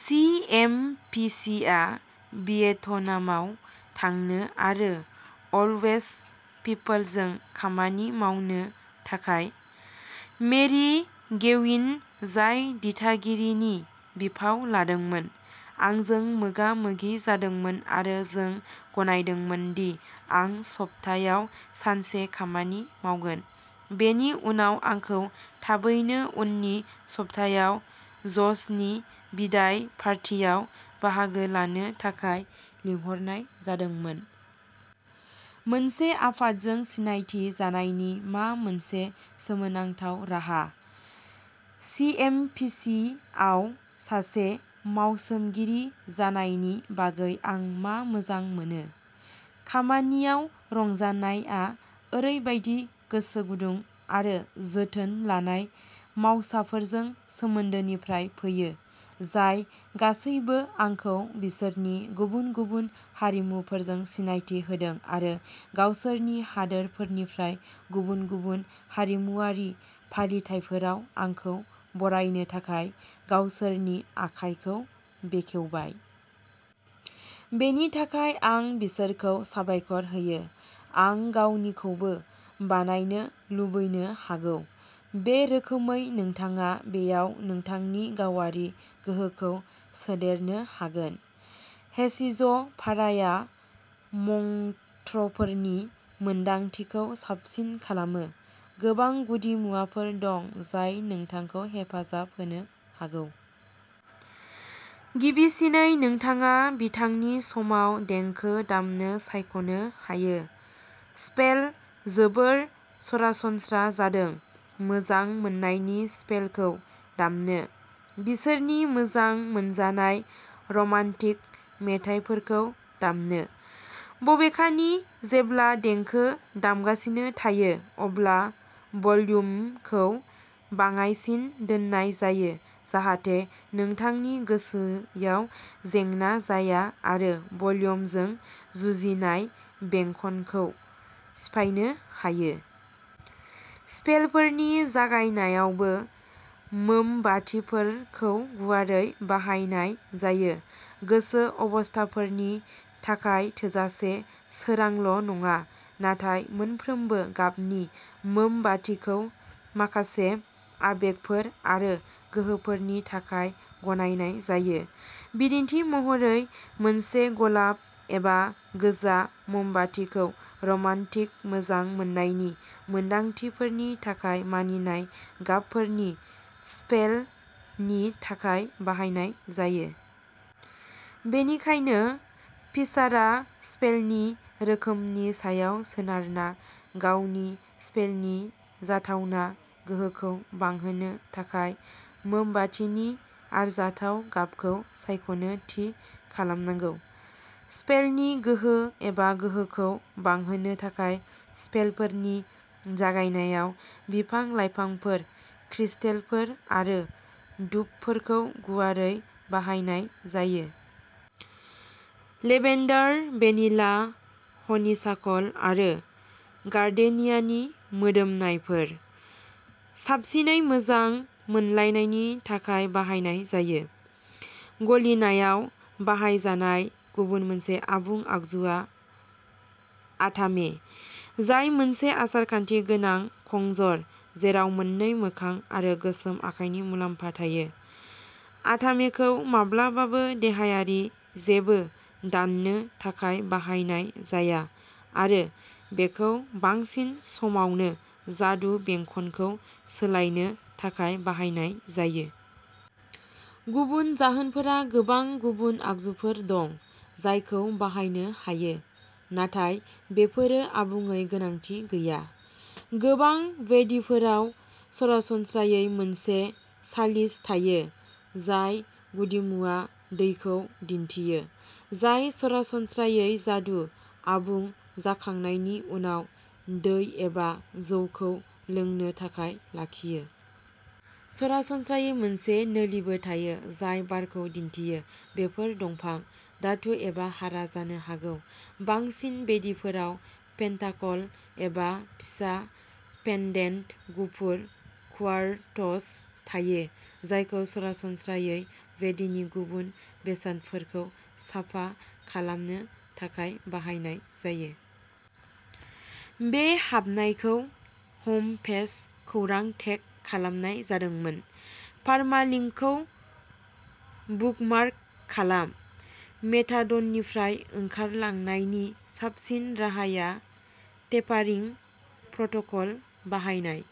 सिएमपिसिआ भियेटनामाव थांनो आरो अलवेज पिपलजों खामानि मावनो थाखाय। मेरि गेविन, जाय दिथागिरिनि बिफाव लादोंमोन, आंजों मोगा-मोगि जादोंमोन आरो जों गनायदोंमोन दि आं सप्तायाव सानसे खामानि मावगोन। बेनि उनाव आंखौ थाबैनो उननि सप्तायाव ज'सनि बिदाइ पार्टियाव बाहागो लानो थाखाय लिंहरनाय जादोंमोन। मोनसे आफादजों सिनायथि जानायनि मा मोनसे सोमोनांथाव राहा! सिएमपिसिआव सासे मावसोमगिरि जानायनि बागै आं मा मोजां मोनो? खामानियाव रंजानायआ ओरैबायदि गोसोगुदुं आरो जोथोन लानाय मावसाफोरजों सोमोन्दोनिफ्राय फैयो, जाय गासैबो आंखौ बिसोरनि गुबुन-गुबुन हारिमुफोरजों सिनायथि होदों आरो गावसोरनि हादोरफोरनिफ्राय गुबुन-गुबुन हारिमुआरि फालिथायफोराव आंखौ बरायनो थाखाय गावसोरनि आखाइखौ बेखेवबाय। बेनि थाखाय आं बिसोरखौ साबायखर होयो। आं गावनिखौबो बानायनो लुबैनो हागौ, बे रोखोमै नोंथाङा बेयाव नोंथांनि गावारि गोहोखौ सोदेरनो हागोन। हेचिज'पाराया मंत्रफोरनि मोनदांथिखौ साबसिन खालामो, गोबां गुदिमुवाफोर दं जाय नोंथांखौ हेफाजाब होनो हागौ। गिबिसिनै, नोंथाङा बिथांनि समाव देंखो दामनो सायख'नो हायो। स्पेल. जोबोर सरासनस्रा जादों, मोजां मोननायनि स्पेलखौ दामनो, बिसोरनि मोजां मोनजानाय रमान्टिक मेथाइफोरखौ दामनो। बबेखानि, जेब्ला देंखो दामगासिनो थायो, अब्ला भल्युमखौ बाङायसिन दोननाय जायो जाहाथे नोंथांनि गोसोयाव जेंना जाया आरो भल्युमजों जुजिनाय बेंखनखौ सिफायनो हायो। स्पेलफोरनि जागायनायावबो मोमबातिफोरखौ गुवारै बाहायनाय जायो। गोसो-अबस्थाफोरनि थाखाय थोजासे सोरांल'नङा, नाथाय मोनफ्रोमबो गाबनि मोमबातिखौ माखासे आबेगफोर आरो गोहोफोरनि थाखाय गनायनाय जायो, बिदिन्थि महरै, मोनसे गलाब एबा गोजा मोमबातिखौ रमान्टिक मोजां मोननायनि मोनदांथिफोरनि थाखाय मानिनाय गाबफोरनि स्पेलनि थाखाय बाहायनाय जायो। बेनिखायनो, पिचारआ, स्पेलनि रोखोमनि सायाव सोनारना, गावनि स्पेलनि जाथावना गोहोखौ बांहोनो थाखाय मोमबातिनि आरजाथाव गाबखौ सायख'नो थि खालामनांगौ। स्पेलनि गोहो एबा गोहोखौ बांहोनो थाखाय स्पेलफोरनि जागायनायाव बिफां-लाइफांफोर, क्रिस्टेलफोर आरो धूपफोरखौ गुवारै बाहायनाय जायो। लेभेन्डार, भेनिला, हनिसाकल आरो गार्डेनियानि मोदोमनायफोर। साबसिनै मोजां मोनलायनायनि थाखाय बाहायनाय जायो। गलिनायाव बाहायजानाय गुबुन मोनसे आबुं आगजुआ आथामे, जाय मोनसे आसार-खान्थि गोनां खंजर, जेराव मोननै मोखां आरो गोसोम आखाइनि मुलाम्फा थायो। आथामेखौ माब्लाबाबो देहायारि जेबो दाननो थाखाय बाहायनाय जाया आरो बेखौ बांसिन समावनो जादु बेंखनखौ सोलायनो थाखाय बाहायनाय जायो। गुबुन जाहोनफोरा गोबां गुबुन आगजुफोर दं, जायखौ बाहायनो हायो, नाथाय बेफोरो आबुङै गोनांथि गैया। गोबां वेदीफोराव सरासनस्रायै मोनसे सालिस थायो, जाय गुदिमुवा दैखौ दिन्थियो, जाय सरासनस्रायै जादु आबुं जाखांनायनि उनाव दै एबा जौखौ लोंनो थाखाय लाखियो। सरासनस्रायै मोनसे नोलिबो थायो, जाय बारखौ दिन्थियो, बेफोर दंफां, धातु एबा हारा जानो हागौ। बांसिन वेदीफोराव पेन्टाकल एबा फिसा पेन्डेन्ट गुफुर क्वार्ट्ज थायो, जायखौ सरासनस्रायै वेदीनि गुबुन बेसादफोरखौ साफा खालामनो थाखाय बाहायनाय जायो। बे हाबनायखौ हम पेज, खौरां टेग खालामनाय जादोंमोन। पारमालिंकखौ बुकमार्क खालाम। मेथाडननिफ्राय ओंखारलांनायनि साबसिन राहाया टेपारिं प्रट'कल बाहायनाय।